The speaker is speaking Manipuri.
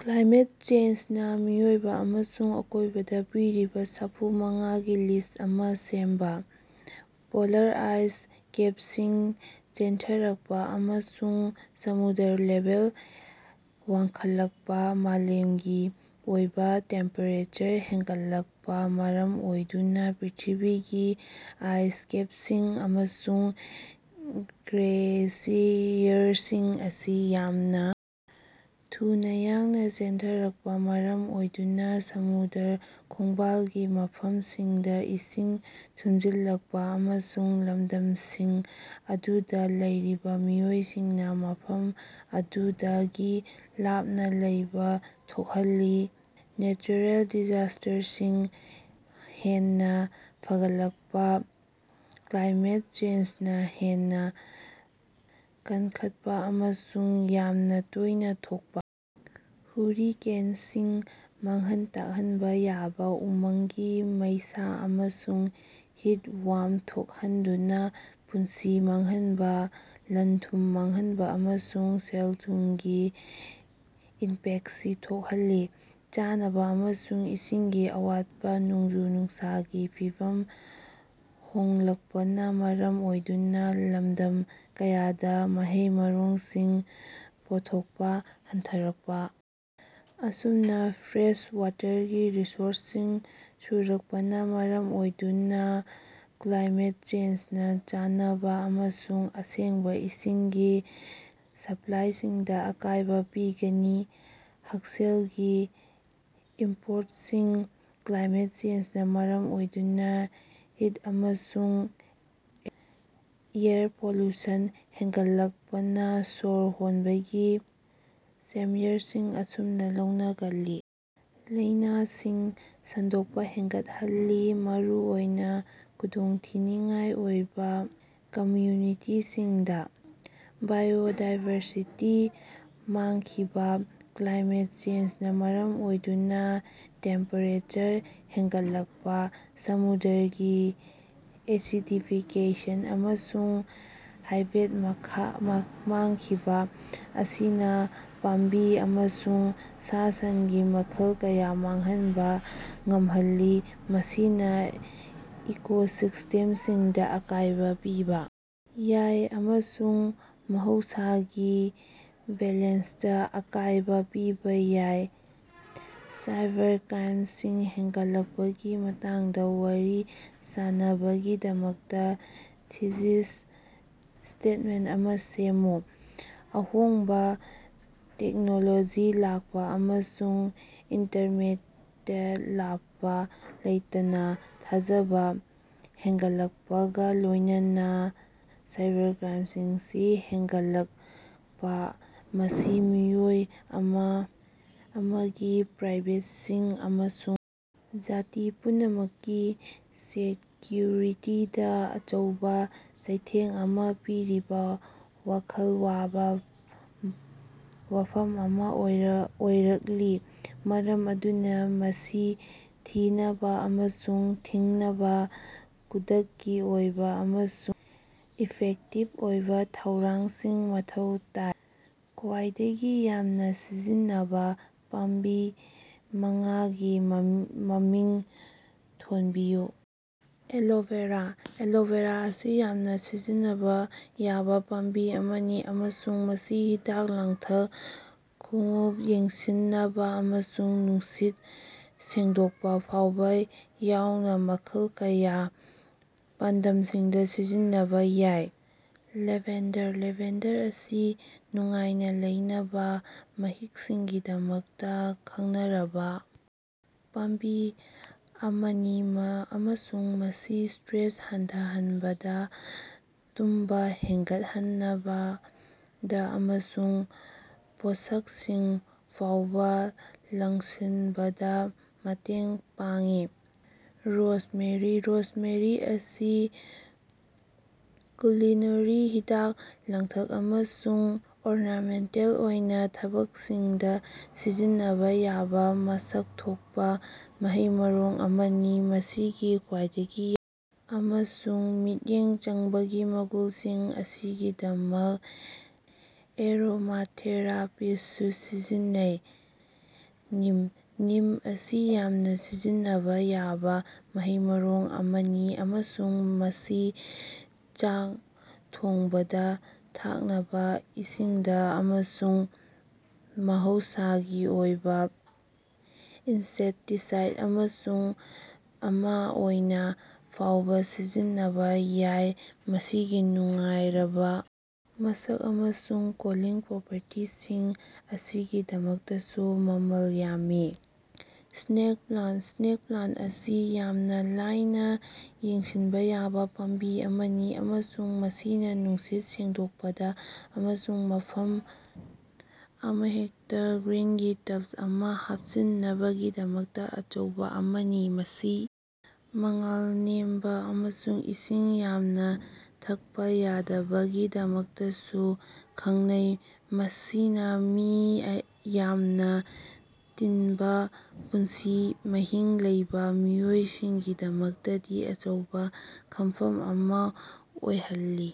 ꯀ꯭ꯂꯥꯏꯃꯦꯠ ꯆꯦꯟꯖꯅꯥ ꯃꯤꯑꯣꯏꯕ ꯑꯃꯁꯨꯡ ꯑꯀꯣꯏꯕꯗꯥ ꯄꯤꯔꯤꯕ ꯁꯥꯐꯨ ꯃꯉꯥꯒꯤ ꯂꯤꯁ꯭ꯠ ꯑꯃ ꯁꯦꯝꯕ꯫ ꯄꯣꯂꯥꯔ ꯑꯥꯏꯁ ꯀꯦꯞꯁꯤꯡ ꯆꯦꯟꯊꯔꯛꯄ ꯑꯃꯁꯨꯡ ꯁꯃꯨꯗ꯭ꯔꯒꯤ ꯂꯦꯚꯦꯜ ꯋꯥꯡꯈꯠꯂꯛꯄ - ꯃꯥꯂꯦꯝꯒꯤ ꯑꯣꯏꯕ ꯇꯦꯝꯄꯦꯔꯦꯆꯔ ꯍꯦꯟꯒꯠꯂꯛꯄꯅ ꯃꯔꯝ ꯑꯣꯏꯗꯨꯅ ꯄ꯭ꯔꯤꯊꯤꯕꯤꯒꯤ ꯑꯥꯏꯁ ꯀꯦꯞꯁꯤꯡ ꯑꯃꯁꯨꯡ ꯒ꯭ꯂꯦꯁꯤꯌꯔꯁꯤꯡ ꯑꯁꯤ ꯌꯥꯝꯅ ꯊꯨꯅ ꯌꯥꯡꯅ ꯆꯦꯟꯊꯔꯛꯄꯅ ꯃꯔꯝ ꯑꯣꯏꯗꯨꯅ ꯁꯃꯨꯗ꯭ꯔ ꯈꯣꯡꯕꯥꯜꯒꯤ ꯃꯐꯝꯁꯤꯡꯗ ꯏꯁꯤꯡ ꯊꯨꯝꯖꯤꯜꯂꯛꯄ ꯑꯃꯁꯨꯡ ꯂꯝꯗꯝꯁꯤꯡ ꯑꯗꯨꯗ ꯂꯩꯔꯤꯕ ꯃꯤꯑꯣꯏꯁꯤꯡꯅ ꯃꯐꯝ ꯑꯗꯨꯗꯒꯤ ꯂꯥꯞꯅ ꯂꯩꯕ ꯊꯣꯛꯍꯜꯂꯤ꯫ ꯅꯦꯆꯔꯦꯜ ꯗꯤꯖꯥꯁ꯭ꯇꯔꯁꯤꯡ ꯍꯦꯟꯅ ꯐꯒꯠꯂꯛꯄ - ꯀ꯭ꯂꯥꯏꯃꯦꯠ ꯆꯦꯟꯖꯅꯥ ꯍꯦꯟꯅ ꯀꯟꯈꯠꯄ ꯑꯃꯁꯨꯡ ꯌꯥꯝꯅ ꯇꯣꯏꯅ ꯊꯣꯛꯄ ꯍꯨꯔꯤꯀꯦꯟꯁꯤꯡ, ꯃꯥꯡꯍꯟ ꯇꯥꯛꯍꯟꯕ ꯌꯥꯕ ꯎꯃꯪꯒꯤ ꯃꯩꯁꯥ, ꯑꯃꯁꯨꯡ ꯍꯤꯠ ꯋꯦꯚ ꯊꯣꯛꯍꯟꯗꯨꯅ ꯄꯨꯟꯁꯤ ꯃꯥꯡꯍꯟꯕ, ꯂꯟ-ꯊꯨꯝ ꯃꯥꯡꯍꯟꯕ ꯑꯃꯁꯨꯡ ꯁꯦꯜ-ꯊꯨꯝꯒꯤ ꯏꯝꯄꯦꯛꯇꯁꯤꯡ ꯊꯣꯛꯍꯜꯂꯤ꯫ ꯆꯥꯅꯕ ꯑꯃꯁꯨꯡ ꯏꯁꯤꯡꯒꯤ ꯑꯋꯥꯠꯄ - ꯅꯣꯡꯖꯨ-ꯅꯨꯡꯁꯥꯒꯤ ꯐꯤꯚꯝ ꯍꯣꯡꯂꯛꯄꯅꯥ ꯃꯔꯝ ꯑꯣꯏꯗꯨꯅ ꯂꯝꯗꯝ ꯀꯌꯥꯗ ꯃꯍꯩ-ꯃꯔꯣꯡ ꯁꯤꯡ ꯄꯣꯠꯊꯣꯛꯄ ꯍꯟꯊꯔꯛꯄ ꯑꯃꯁꯨꯡ ꯐ꯭ꯔꯦꯁ ꯋꯥꯇꯔꯒꯤ ꯁꯣꯔꯁꯁꯤꯡ ꯁꯨꯔꯛꯄꯅꯥ ꯃꯔꯝ ꯑꯣꯏꯗꯨꯅ ꯀ꯭ꯂꯥꯏꯃꯦꯠ ꯆꯦꯟꯖꯅꯥ ꯆꯥꯅꯕꯥ ꯑꯃꯁꯨꯡ ꯑꯁꯦꯡꯕ ꯏꯁꯤꯡꯒꯤ ꯁꯄ꯭ꯂꯥꯏꯁꯤꯡꯗ ꯑꯀꯥꯏꯕ ꯄꯤꯒꯅꯤ꯫ ꯍꯛꯁꯦꯜꯒꯤ ꯏꯝꯄꯦꯛꯇꯁꯤꯡ - ꯀ꯭ꯂꯥꯏꯃꯦꯠ ꯆꯦꯟꯖꯅꯥ ꯃꯔꯝ ꯑꯣꯏꯗꯨꯅ ꯍꯤꯠ ꯑꯃꯁꯨꯡ ꯑꯦꯌꯔ ꯄꯣꯂꯨꯁꯟ ꯍꯦꯟꯒꯠꯂꯛꯄꯅꯥ ꯁꯣꯔ ꯍꯣꯟꯕꯒꯤ ꯁꯃꯁ꯭ꯌꯥꯁꯤꯡ ꯑꯃꯁꯨꯡ ꯂꯧꯅꯒꯟꯂꯤ ꯂꯥꯏꯅꯥꯁꯤꯡ ꯁꯟꯗꯣꯛꯄ ꯍꯦꯟꯒꯠꯍꯜꯂꯤ, ꯃꯔꯨꯑꯣꯏꯅ ꯈꯨꯗꯣꯡꯊꯤꯅꯤꯉꯥꯏ ꯑꯣꯏꯕꯥ ꯀꯝꯃ꯭ꯌꯨꯅꯤꯇꯤꯁꯤꯡꯗ꯫ ꯕꯥꯏꯑꯣꯗꯥꯏꯕꯔꯁꯤꯇꯤ ꯃꯥꯡꯈꯤꯕ - ꯀ꯭ꯂꯥꯏꯃꯦꯠ ꯆꯦꯟꯖꯅꯥ ꯃꯔꯝ ꯑꯣꯏꯗꯨꯅ ꯇꯦꯝꯄꯦꯔꯦꯆꯔ ꯍꯦꯟꯒꯠꯂꯛꯄ, ꯁꯃꯨꯗ꯭ꯔꯒꯤ ꯑꯦꯁꯤꯗꯤꯐꯤꯀꯦꯁꯟ, ꯑꯃꯁꯨꯡ ꯍꯥꯏꯕꯦꯠ ꯃꯥꯡꯈꯤꯕ ꯑꯁꯤꯅ ꯄꯥꯝꯕꯤ ꯑꯃꯁꯨꯡ ꯁꯥ-ꯁꯟꯒꯤ ꯃꯈꯜ ꯀꯌꯥ ꯃꯥꯡꯍꯟꯕ ꯉꯝꯍꯜꯂꯤ, ꯃꯁꯤꯅ ꯏꯀꯣꯁꯤꯁꯇꯦꯝꯁꯤꯡꯗ ꯑꯀꯥꯏꯕ ꯄꯤꯕ ꯌꯥꯏ ꯑꯃꯁꯨꯡ ꯃꯍꯧꯁꯥꯒꯤ ꯕꯦꯂꯦꯟꯁꯇꯥ ꯑꯀꯥꯏꯕ ꯄꯤꯕ ꯌꯥꯏ꯫ ꯁꯥꯏꯕꯔꯀ꯭ꯔꯥꯏꯝꯁꯤꯡ ꯍꯦꯟꯒꯠꯂꯛꯄꯒꯤ ꯃꯇꯥꯡꯗ ꯋꯥꯔꯤ ꯁꯥꯅꯕꯒꯤꯗꯃꯛ ꯊꯤꯁꯤꯁ ꯁ꯭ꯇꯦꯠꯃꯦꯟꯇ ꯑꯃ ꯁꯦꯝꯃꯨ꯫ ꯑꯍꯣꯡꯕ ꯇꯦꯛꯅꯣꯂꯣꯖꯤ ꯂꯥꯛꯄ ꯑꯃꯁꯨꯡ ꯏꯟꯇꯔꯅꯦꯠꯇꯥ ꯂꯦꯞꯄ ꯂꯩꯇꯅꯥ ꯊꯥꯖꯕꯥ ꯍꯦꯟꯒꯠꯂꯛꯄꯒ ꯂꯣꯏꯅꯅꯥ, ꯁꯥꯏꯕꯔꯀ꯭ꯔꯥꯏꯝꯁꯤꯡ ꯍꯦꯅꯒꯠꯂꯛꯄꯥ ꯃꯁꯤ ꯃꯤꯑꯣꯏ ꯑꯃꯒꯤ ꯄ꯭ꯔꯥꯏꯚꯦꯁꯤ ꯑꯃꯁꯨꯡ ꯖꯥꯇꯤ ꯄꯨꯝꯅꯃꯛꯀꯤ ꯁꯦꯀ꯭ꯌꯨꯔꯤꯇꯤꯗ ꯑꯆꯧꯕ ꯆꯩꯊꯦꯡ ꯑꯃ ꯄꯤꯔꯤꯕ ꯋꯥꯈꯜ ꯋꯥꯕ ꯋꯥꯐꯝ ꯑꯃ ꯑꯣꯏꯔꯛꯂꯤ, ꯃꯔꯝ ꯑꯗꯨꯅ ꯃꯁꯤ ꯊꯤꯡꯅꯕ ꯑꯃꯁꯨꯡ ꯊꯦꯡꯅꯅꯕꯥ ꯈꯨꯗꯛꯀꯤ ꯑꯣꯏꯕ ꯑꯃꯁꯨꯡ ꯏꯐꯦꯛꯇꯤꯚ ꯑꯣꯏꯕ ꯊꯧꯔꯥꯡꯁꯤꯡ ꯃꯊꯧ ꯇꯥꯏ꯫ ꯈ꯭ꯋꯥꯏꯗꯒꯤ ꯌꯥꯝꯅ ꯁꯤꯖꯤꯟꯅꯕ ꯄꯥꯝꯕꯤ ꯃꯉꯥꯒꯤ ꯃꯃꯤꯡ ꯊꯣꯟꯕꯤꯌꯨ꯫ ꯑꯦꯂꯣꯚꯦꯔꯥ - ꯑꯦꯂꯣꯚꯦꯔꯥ ꯑꯁꯤ ꯌꯥꯝꯅ ꯁꯤꯖꯤꯟꯅꯕ ꯌꯥꯕ ꯄꯥꯝꯕꯤ ꯑꯃꯅꯤ ꯑꯃꯁꯨꯡ ꯃꯁꯤ ꯍꯤꯗꯥꯛ ꯂꯥꯡꯊꯛ, ꯈꯣꯡꯎꯞ ꯌꯦꯡꯁꯤꯅꯕꯥ, ꯑꯃꯁꯨꯡ ꯅꯨꯡꯁꯤꯠ ꯁꯦꯡꯗꯣꯛꯄ ꯐꯥꯎꯕ ꯌꯥꯎꯅ ꯃꯈꯜ ꯀꯌꯥꯒꯤ ꯄꯥꯟꯗꯝꯁꯤꯡꯗ ꯁꯤꯖꯤꯟꯅꯕ ꯌꯥꯏ꯫ ꯂꯦꯚꯦꯟꯗꯔ - ꯂꯦꯚꯦꯟꯗꯔ ꯑꯁꯤ ꯅꯨꯡꯉꯥꯏꯅ ꯂꯩꯅꯕꯥ ꯃꯍꯤꯛꯁꯤꯡꯒꯤꯗꯃꯛꯇ ꯈꯪꯅꯔꯕꯥ ꯄꯥꯝꯕꯤ ꯑꯃꯅꯤ ꯑꯃꯁꯨꯡ ꯃꯁꯤꯅ ꯁ꯭ꯇꯔꯦꯁ ꯍꯟꯊꯍꯟꯕꯗ, ꯇꯨꯝꯕ ꯍꯦꯟꯒꯠꯍꯟꯕꯗ ꯑꯃꯁꯨꯡ ꯄꯣꯠꯁꯛꯁꯤꯡ ꯐꯥꯎꯕ ꯂꯥꯛꯁꯤꯟꯕꯗꯥ ꯃꯇꯦꯡ ꯄꯥꯡꯏ꯫ ꯔꯣꯖꯃꯦꯔꯤ - ꯔꯣꯖꯃꯦꯔꯤ ꯑꯁꯤ ꯀꯨꯂꯤꯅꯔꯤ, ꯍꯤꯗꯥꯛ-ꯂꯥꯡꯊꯛ ꯑꯃꯁꯨꯡ ꯑꯣꯔꯅꯥꯃꯦꯟꯇꯦꯜ ꯑꯣꯏꯕ ꯊꯕꯛꯁꯤꯡꯗ ꯁꯤꯖꯤꯟꯅꯕꯥ ꯌꯥꯕ ꯃꯁꯛ ꯊꯣꯛꯄ ꯃꯍꯩ-ꯃꯔꯣꯡ ꯑꯃꯅꯤ꯫ ꯃꯁꯤꯒꯤ ꯈꯋꯥꯏꯗꯒꯤ ꯑꯃꯁꯨꯡ ꯃꯤꯠꯌꯦꯡ ꯆꯪꯕꯒꯤ ꯃꯒꯨꯟꯁꯤꯡ ꯑꯁꯤꯒꯤꯗꯃꯛ ꯑꯦꯔꯣꯃꯥꯊꯦꯔꯥꯄꯤꯗꯁꯨ ꯁꯤꯖꯤꯟꯅꯩ꯫ ꯃꯤꯟꯇ - ꯃꯤꯟꯇ ꯑꯁꯤ ꯌꯥꯝꯅ ꯁꯤꯖꯤꯟꯅꯕꯥ ꯌꯥꯕ ꯃꯍꯩ-ꯃꯔꯣꯡ ꯑꯃꯅꯤ ꯑꯃꯁꯨꯡ ꯃꯁꯤ ꯆꯥꯛ ꯊꯣꯡꯕꯗ, ꯊꯛꯅꯕ ꯏꯁꯤꯡꯗ ꯑꯃꯁꯨꯡ ꯃꯍꯧꯁꯥꯒꯤ ꯑꯣꯏꯕ ꯏꯟꯁꯦꯛꯇꯤꯁꯥꯏꯗ ꯑꯃ ꯑꯣꯏꯅ ꯐꯥꯎꯕ ꯁꯤꯖꯤꯟꯅꯕꯥ ꯌꯥꯏ꯫ ꯃꯁꯤꯒꯤ ꯅꯨꯡꯉꯥꯏꯔꯕꯥ ꯃꯁꯛ ꯑꯃꯁꯨꯡ ꯀꯨꯂꯤꯡ ꯄ꯭ꯔꯣꯄꯔꯇꯤꯁꯤꯡ ꯑꯁꯤꯒꯤꯗꯃꯛꯇꯁꯨ ꯃꯃꯜ ꯌꯥꯝꯃꯤ꯫ ꯁ꯭ꯅꯦꯛ ꯄ꯭ꯂꯥꯟꯇ - ꯁ꯭ꯅꯦꯛ ꯄ꯭ꯂꯥꯟꯇ ꯑꯁꯤ ꯌꯥꯝꯅ ꯂꯥꯏꯅꯥ ꯌꯦꯡꯁꯤꯟꯕ ꯌꯥꯕ ꯄꯥꯝꯕꯤ ꯑꯃꯅꯤ ꯑꯃꯁꯨꯡ ꯃꯁꯤꯅ ꯅꯨꯡꯁꯤꯠ ꯁꯦꯡꯗꯣꯛꯄꯗ ꯑꯃꯁꯨꯡ ꯃꯐꯝ ꯑꯃꯍꯦꯛꯇꯗ ꯒ꯭ꯔꯤꯟꯒꯤ ꯇꯆ ꯑꯃ ꯍꯥꯞꯆꯤꯟꯅꯕꯒꯤꯗꯃꯛ ꯑꯆꯧꯕ ꯑꯃꯅꯤ꯫ ꯃꯁꯤ ꯃꯉꯥꯜ ꯅꯦꯝꯕ ꯑꯃꯁꯨꯡ ꯏꯁꯤꯡ ꯌꯥꯝꯅ ꯊꯛꯄ ꯌꯥꯗꯕꯒꯤꯗꯃꯛꯇꯁꯨ ꯈꯪꯅꯩ, ꯃꯁꯤꯅ ꯃꯤ ꯌꯥꯝꯅ ꯇꯤꯟꯕ ꯄꯨꯟꯁꯤ ꯃꯍꯤꯡ ꯂꯩꯕ ꯃꯤꯑꯣꯏꯁꯤꯡꯒꯤꯗꯃꯛꯇꯗꯤ ꯑꯆꯧꯕ ꯈꯟꯐꯝ ꯑꯃ ꯑꯣꯏꯍꯜꯂꯤ꯫